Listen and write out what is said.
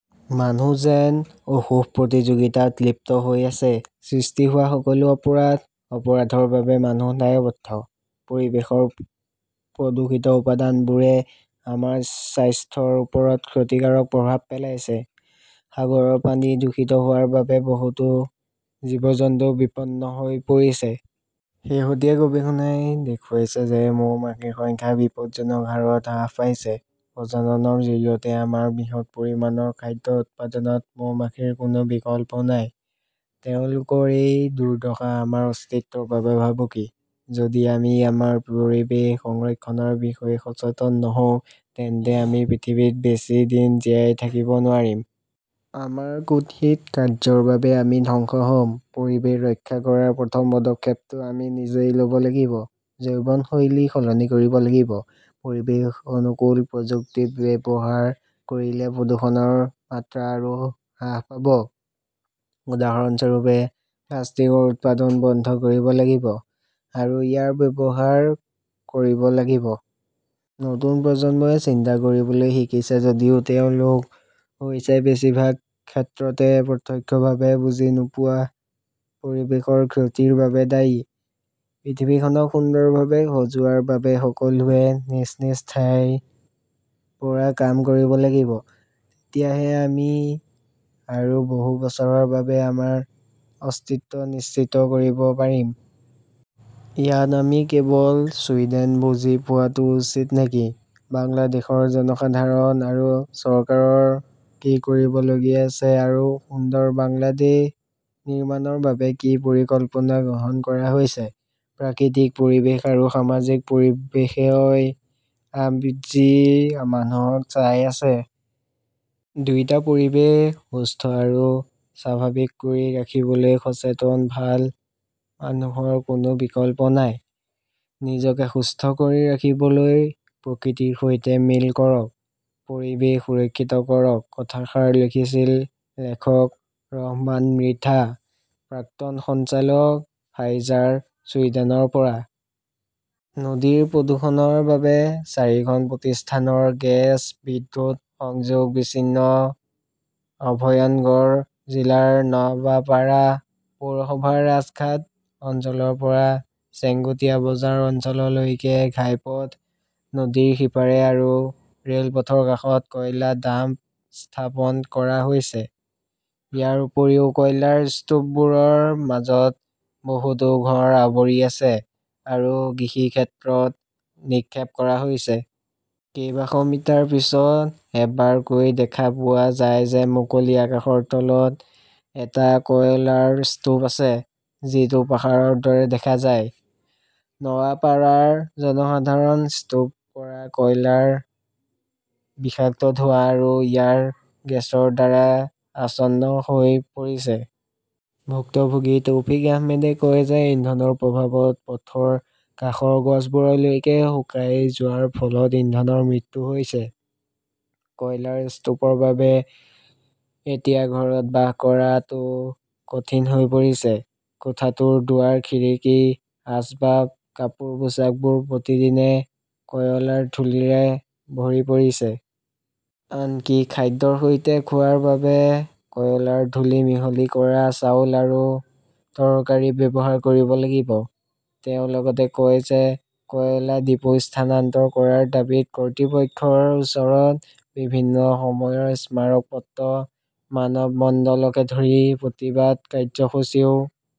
মানুহ যেন অশুভ প্ৰতিযোগিতাত লিপ্ত হৈ আছে। সৃষ্টি হোৱা সকলো অপৰাধ, অপৰাধৰ বাবে মানুহ দায়বদ্ধ। পৰিৱেশৰ প্ৰদূষিত উপাদানবোৰে আমাৰ স্বাস্থ্যৰ ওপৰত ক্ষতিকাৰক প্ৰভাৱ পেলাইছে। সাগৰৰ পানী দূষিত হোৱাৰ বাবে বহুতো জীৱ-জন্তু বিপন্ন হৈ পৰিছে। শেহতীয়া গৱেষণাই দেখুৱাইছে যে মৌমাখিৰ সংখ্যা বিপদজনক হাৰত হ্ৰাস পাইছে। প্ৰজননৰ জৰিয়তে আমাৰ বৃহৎ পৰিমাণৰ খাদ্য উৎপাদনত মৌমাখিৰ কোনো বিকল্প নাই। তেওঁলোকৰ এই দুৰ্দশা আমাৰ অস্তিত্বৰ বাবে ভাবুকি। যদি আমি আমাৰ পৰিৱেশ সংৰক্ষণৰ বিষয়ে সচেতন নহওঁ তেন্তে আমি পৃথিৱীত বেছি দিন জীয়াই থাকিব নোৱাৰিম। আমাৰ কুৎসিত কাৰ্য্যৰ বাবে আমি ধ্বংস হ'ম। পৰিৱেশ ৰক্ষা কৰাৰ প্ৰথম পদক্ষেপটো আমি নিজেই ল'ব লাগিব। জীৱনশৈলী সলনি কৰিব লাগিব। পৰিৱেশ অনুকূল প্ৰযুক্তি ব্যৱহাৰ কৰিলে প্ৰদূষণৰ মাত্ৰা আৰু হ্ৰাস পাব। উদাহৰণস্বৰূপে, প্লাষ্টিকৰ উৎপাদন বন্ধ কৰিব লাগিব আৰু ইয়াৰ ব্যৱহাৰ কৰিব লাগিব। নতুন প্ৰজন্মই চিন্তা কৰিবলৈ শিকিছে যদিও তেওঁলোক হৈছে বেছিভাগ ক্ষেত্ৰতে প্ৰত্যক্ষভাৱে বুজি নোপোৱা পৰিৱেশৰ ক্ষতিৰ বাবে দায়ী। পৃথিৱীখনক সুন্দৰভাৱে সজোৱাৰ বাবে সকলোৱে নিজ নিজ ঠাইৰ পৰা কাম কৰিব লাগিব। তেতিয়াহে আমি আৰু বহু বছৰৰ বাবে আমাৰ অস্তিত্ব নিশ্চিত কৰিব পাৰিম। ইয়াত আমি কেৱল ছুইডেন বুজি পোৱাটো উচিত নেকি? বাংলাদেশৰ জনসাধাৰণ আৰু চৰকাৰৰ কি কৰিবলগীয়া আছে আৰু সুন্দৰ বাংলাদেশ নিৰ্মাণৰ বাবে কি পৰিকল্পনা গ্ৰহণ কৰা হৈছে? প্ৰাকৃতিক পৰিৱেশ আৰু সামাজিক পৰিৱেশই আজি মানুহক চাই আছে। দুয়োটা পৰিৱেশ সুস্থ আৰু স্বাভাৱিক কৰি ৰাখিবলৈ সচেতন ভাল মানুহৰ কোনো বিকল্প নাই। নিজকে সুস্থ কৰি ৰাখিবলৈ প্ৰকৃতিৰ সৈতে মিল কৰক, পৰিৱেশ সুৰক্ষিত কৰক- কথাষাৰ লিখিছিল লেখক ৰহমান মৃধা, প্ৰাক্তন সঞ্চালক ফাইজাৰ, ছুইডেনৰ পৰা । নদীৰ প্ৰদূষণৰ বাবে চাৰিখন প্ৰতিষ্ঠানৰ গেছ, বিদ্যুৎ সংযোগ বিচ্ছিন্ন অভয়নগৰ জিলাৰ নৱাপাৰা পৌৰসভাৰ ৰাজঘাট অঞ্চলৰ পৰা চেঙ্গুটিয়া বজাৰ অঞ্চললৈকে ঘাইপথ, নদীৰ সিপাৰে আৰু ৰেলপথৰ কাষত কয়লা ডাম্প স্থাপন কৰা হৈছে। ইয়াৰ উপৰিও, কয়লাৰ স্তূপবোৰৰ মাজত বহুতো ঘৰ আৱৰি আছে আৰু কৃষিক্ষেত্ৰত নিক্ষেপ কৰা হৈছে। কেইবাশ মিটাৰ পিছত এবাৰকৈ দেখা পোৱা যায় যে মুকলি আকাশৰ তলত এটা কয়লাৰ স্তূপ আছে। যিটো পাহাৰৰ দৰে দেখা যায়। নৱাপাড়াৰ জনসাধাৰণ স্তূপ কৰা কয়লাৰ বিষাক্ত ধোঁৱা আৰু ইয়াৰ গেছৰ দ্বাৰা আচ্ছন্ন হৈ পৰিছে। ভুক্তভোগী তৌফিক আহমেদে কয় যে ইন্ধনৰ প্ৰভাৱত পথৰ কাষৰ গছবোৰলৈকে শুকাই যোৱাৰ ফলত ইন্ধনৰ মৃত্যু হৈছে। কয়লাৰ স্তূপৰ বাবে এতিয়া ঘৰত বাস কৰাটো কঠিন হৈ পৰিছে। কোঠাটোৰ দুৱাৰ-খিৰিকী আচবাব, কাপোৰ পোচাকবোৰ প্ৰতিদিনে কয়লাৰ ধূলিৰে ভৰি পৰিছে। আনকি খাদ্যৰ সৈতে খোৱাৰ বাবে কয়লাৰ ধূলি মিহলি কৰা চাউল আৰু তৰকাৰী ব্যৱহাৰ কৰিব লাগিব। তেওঁ লগতে কয় যে কয়লা ডিপো স্থানান্তৰ কৰাৰ দাবীত কৰ্তৃপক্ষৰ ওচৰত বিভিন্ন সময়ৰ স্মাৰক পত্ৰ, মানৱমণ্ডলকে ধৰি প্ৰতিবাদ কাৰ্যসূচীও